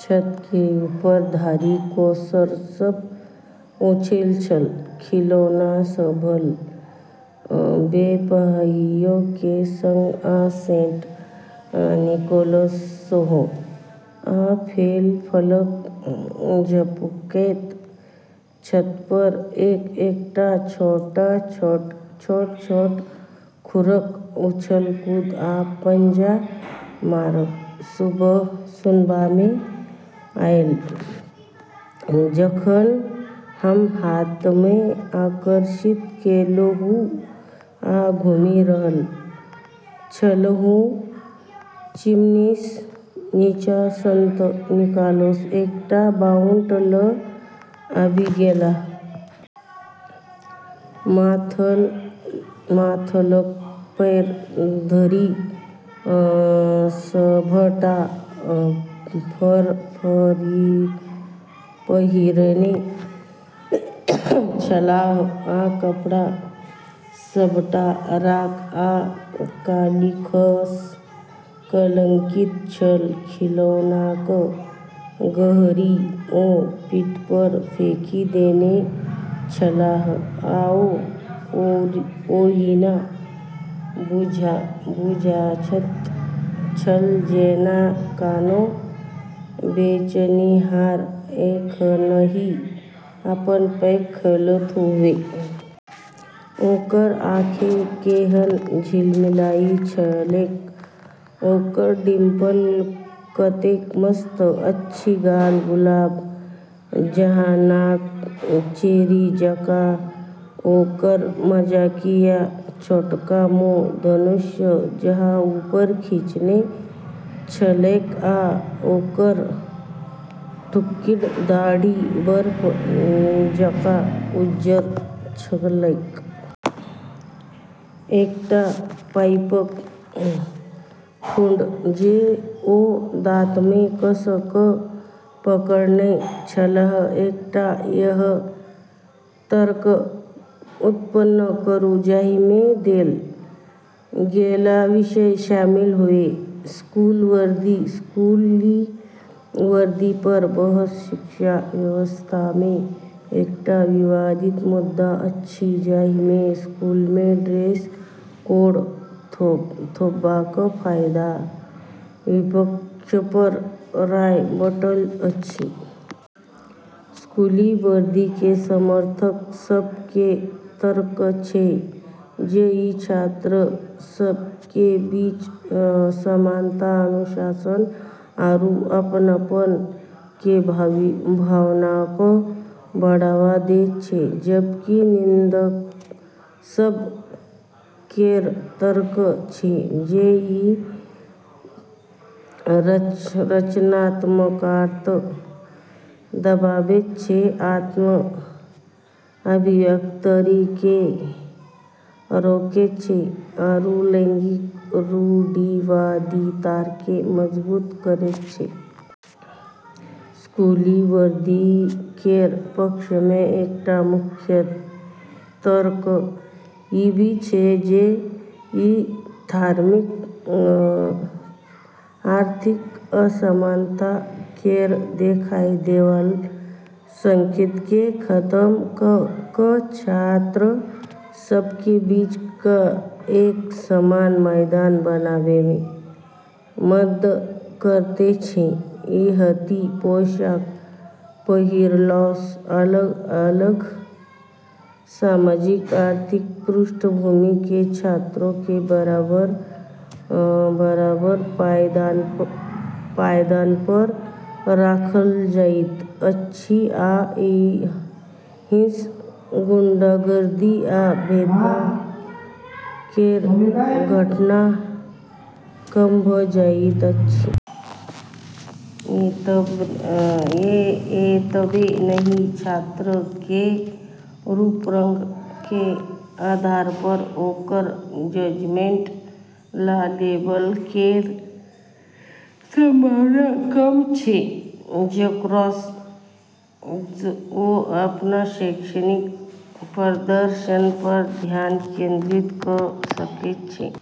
छत केर ऊपर धरि कोर्सर सभ उड़ैत छल, खिलौनासँ भरल बेपहियों केर संग, आ सेंट निकोलस सेहो। आ फेर पलक झपकैत छतपर एक-एकटा छोट-छोट खुरक उछल-कूद आ पंजा मारब सुनबामे आयल। जखन हम हाथमे आकर्षित केलहुँ, आ घुमि रहल छलहुँ, चिमनीसँ नीचाँ संत निकोलस एकटा बाउंड लऽ कऽ आबि गेलाह। माथसँ लऽ कऽ पैर धरि सभटा फर पहिरने छलाह, आ कपड़ा सभटा राख आ कालिखसँ कलंकित छल। खिलौनाक गठरी ओ पीठपर फेकि देने छलाह, आ ओ ओहिना बुझाइत छल जेना कोनो बेचनिहार एखनहि अपन पैक खोलैत होए। ओकर आँखि केहन झिलमिलाइत छलैक! ओकर डिंपल कतेक मस्त अछि! गाल गुलाब जकाँ, नाक चेरी जकाँ! ओकर मजाकिया छोटका मुँह धनुष जकाँ ऊपर खींचने छलैक, आ ओकर ठुड्डीक दाढ़ी बर्फ जकाँ उज्जर छलैक। एकटा पाइपक ठूंठ जे ओ दाँतमे कस कऽ पकड़ने छलाह। एकटा एहन तर्क उत्पन्न करू जाहिमे देल गेल विषय शामिल होए। स्कूल वर्दी: स्कूली वर्दीपर बहस शिक्षा व्यवस्थामे एकटा विवादित मुद्दा अछि, जाहिमे स्कूलमे ड्रेस कोड थोपबाक फायदा आ विपक्षपर राय बंटल अछि। स्कूली वर्दी केर समर्थक सभ केर तर्क छै जे ई छात्र सभ केर बीच समानता, अनुशासन आरू अपनपन केर भावनाकेँ बढ़ावा दैत छै, जबकि निंदक सभ केर तर्क छै जे ई रचनात्मकताकेँ दबाबैत छै, आत्म-अभिव्यक्तिकेँ रोकैत छै आरू लैंगिक रूढ़िवादिताकेँ मजबूत करैत छै। स्कूली वर्दी केर पक्षमे एकटा मुख्य तर्क ई भी छै जे ई आर्थिक असमानता केर देखाय दैवाला संकेतकेँ खतम कऽ कऽ छात्र सभ केर बीच एक समान मैदान बनाबैमे मदद करैत छै। एकहि पोशाक पहिरलासँ अलग-अलग सामाजिक-आर्थिक पृष्ठभूमि केर छात्रकेँ बराबर केर पायदानपर राखल जाइत अछि आ एहिसँ गुंडागर्दी आ भेदभाव केर घटना कम भऽ जाइत अछि। एतबे नहि, छात्र केर रूप-रंग केर आधारपर ओकर जजमेंट या लेबल केर संभावना कम छै, जेकरासँ ओ अपन शैक्षणिक प्रदर्शनपर ध्यान केंद्रित कऽ सकैत छै।